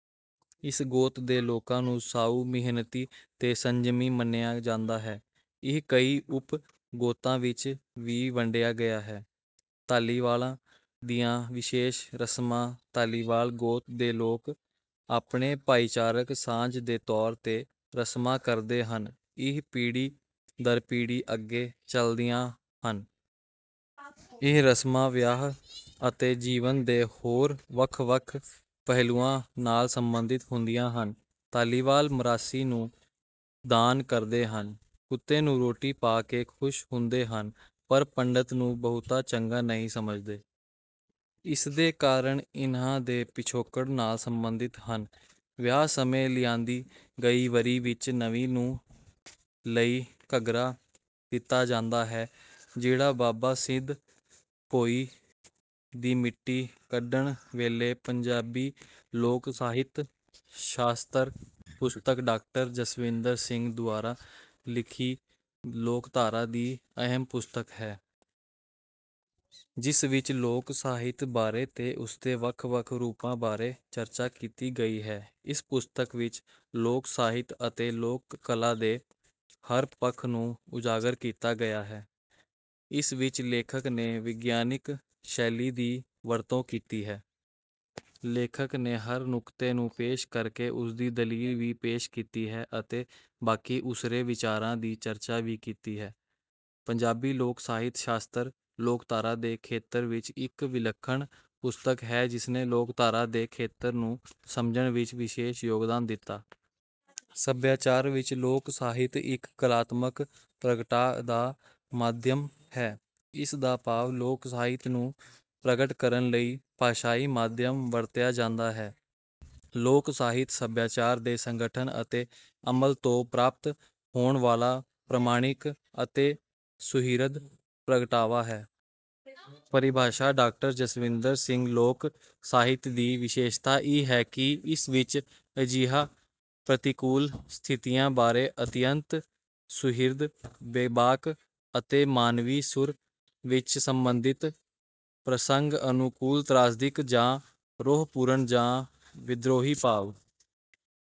ਇਸ ਗੋਤ ਦੇ ਲੋਕਾਂ ਨੂੰ ਸਾਊ ਮਿਹਨਤੀ ਤੇ ਸੰਜਮੀ ਮੰਨਿਆ ਜਾਂਦਾ ਹੈ। ਇਹ ਕਈ ਉਪ ਗੋਤਾਂ ਵਿੱਚ ਵੀ ਵੰਡਿਆ ਗਿਆ ਹੈ। ਧਾਲੀਵਾਲਾਂ ਦੀਆਂ ਵਿਸ਼ੇਸ਼ ਰਸਮਾਂ ਧਾਲੀਵਾਲ ਗੋਤ ਦੇ ਲੋਕ ਆਪਣੇ ਭਾਈਚਾਰਕ ਸਾਂਝ ਦੇ ਤੌਰ ਤੇ ਰਸਮਾਂ ਕਰਦੇ ਹਨ ਇਹ ਪੀੜ੍ਹੀ ਦਰ ਪੀੜ੍ਹੀ ਅੱਗੇ ਚਲਦੀਆਂ ਹਨ। ਇਹ ਰਸਮਾਂ ਵਿਆਹ ਅਤੇ ਜੀਵਨ ਦੇ ਹੋਰ ਵੱਖ ਵੱਖ ਪਹਿਲੂਆਂ ਨਾਲ ਸੰਬੰਧਿਤ ਹੁੰਦੀਆਂ ਹਨ। ਧਾਲੀਵਾਲ ਮਰਾਸੀ ਨੂੰ ਦਾਨ ਕਰਦੇ ਹਨ। ਕੁੱਤੇ ਨੂੰ ਰੋਟੀ ਪਾ ਕੇ ਖੁਸ਼ ਹੁੰਦੇ ਹਨ ਪਰ ਪੰਡਤ ਨੂੰ ਬਹੁਤਾ ਚੰਗਾ ਨਹੀਂ ਸਮਝਦੇ। ਇਸ ਦੇ ਕਾਰਨ ਇਹਨਾਂ ਦੇ ਪਿਛੋਕੜ ਨਾਲ ਸੰਬੰਧਿਤ ਹਨ। ਵਿਆਹ ਸਮੇਂ ਲਿਆਂਦੀ ਗਈ ਵਰੀ ਵਿੱਚ ਨਵੀਂ ਨੂੰਹ ਲਈ ਘੱਗਰਾ ਦਿੱਤਾ ਜਾਂਦਾ ਹੈ ਜਿਹੜਾ ਬਾਬਾ ਸਿੱਧ ਭੋਇੰ ਦੀ ਮਿੱਟੀ ਕੱਢਣ ਵੇਲੇ। ਪੰਜਾਬੀ ਲੋਕ ਸਾਹਿਤ ਸ਼ਾਸਤਰ ਪੁਸਤਕ ਡਾਕਟਰ ਜਸਵਿੰਦਰ ਸਿੰਘ ਦੁਆਰਾ ਲਿਖੀ ਲੋਕਧਾਰਾ ਦੀ ਅਹਿਮ ਪੁਸਤਕ ਹੈ। ਜਿਸ ਵਿੱਚ ਲੋਕ ਸਾਹਿਤ ਬਾਰੇ ਤੇ ਉਸਦੇ ਵੱਖ ਵੱਖ ਰੂਪਾਂ ਬਾਰੇ ਚਰਚਾ ਕੀਤੀ ਗਈ ਹੈ। ਇਸ ਪੁਸਤਕ ਵਿੱਚ ਲੋਕ ਸਾਹਿਤ ਅਤੇ ਲੋਕ ਕਲਾ ਦੇ ਹਰ ਪੱਖ ਨੂੰ ਉਜਾਗਰ ਕੀਤਾ ਗਿਆ ਹੈ। ਇਸ ਵਿੱਚ ਲੇਖਕ ਨੇ ਵਿਗਿਆਨਿਕ ਸ਼ੈਲੀ ਦੀ ਵਰਤੋਂ ਕੀਤੀ ਹੈ। ਲੇਖਕ ਨੇ ਹਰ ਨੁਕਤੇ ਨੂੰ ਪੇਸ਼ ਕਰਕੇ ਉਸਦੀ ਦਲੀਲ ਵੀ ਪੇਸ਼ ਕੀਤੀ ਹੈ ਅਤੇ ਬਾਕੀ ਉਸਰੇ ਵਿਚਾਰਾਂ ਦੀ ਚਰਚਾ ਵੀ ਕੀਤੀ ਹੈ। ਪੰਜਾਬੀ ਲੋਕ ਸਾਹਿਤ ਸ਼ਾਸਤਰ ਲੋਕਧਾਰਾ ਦੇ ਖੇਤਰ ਵਿੱਚ ਇੱਕ ਵਿਲੱਖਣ ਪੁਸਤਕ ਹੈ ਜਿਸਨੇ ਲੋਕਧਾਰਾ ਦੇ ਖੇਤਰ ਨੂੰ ਸਮਝਣ ਵਿੱਚ ਵਿਸ਼ੇਸ਼ ਯੋਗਦਾਨ ਦਿੱਤਾ। ਸਭਿਆਚਾਰ ਵਿੱਚ ਲੋਕ ਸਾਹਿਤ ਇੱਕ ਕਲਾਤਮਕ ਪ੍ਰਗਟਾਅ ਦਾ ਮਾਧਿਅਮ ਹੈ। ਇਸ ਦਾ ਭਾਵ ਲੋਕ ਸਾਹਿਤ ਨੂੰ ਪ੍ਰਗਟ ਕਰਨ ਲਈ ਭਾਸ਼ਾਈ ਮਾਧਿਅਮ ਵਰਤਿਆ ਜਾਂਦਾ ਹੈ। ਲੋਕ ਸਾਹਿਤ ਸਭਿਆਚਾਰ ਦੇ ਸੰਗਠਨ ਅਤੇ ਅਮਲ ਤੋਂ ਪ੍ਰਾਪਤ ਹੋਣ ਵਾਲਾ ਪ੍ਰਮਾਣਿਕ ਅਤੇ ਸੁਹਿਰਦ ਪ੍ਰਗਟਾਵਾ ਹੈ। ਪਰਿਭਾਸ਼ਾ ਡਾਕਟਰ ਜਸਵਿੰਦਰ ਸਿੰਘ ਲੋਕ ਸਾਹਿਤ ਦੀ ਵਿਸ਼ੇਸ਼ਤਾ ਇਹ ਹੈ ਕਿ ਇਸ ਵਿੱਚ ਅਜਿਹੀਆਂ ਪ੍ਰਤਿਕੂਲ ਸਥਿਤੀਆਂ ਬਾਰੇ ਅਤਿਅੰਤ ਸੁਹਿਰਦ ਬੇਬਾਕ ਅਤੇ ਮਾਨਵੀ ਸੁਰ ਵਿੱਚ ਸੰਬੰਧਿਤ ਪ੍ਰਸੰਗ ਅਨੁਕੂਲ ਤ੍ਰਾਸਦਿਕ ਜਾਂ ਰੋਹ ਪੂਰਨ ਜਾਂ ਵਿਦ੍ਰੋਹੀ ਭਾਵ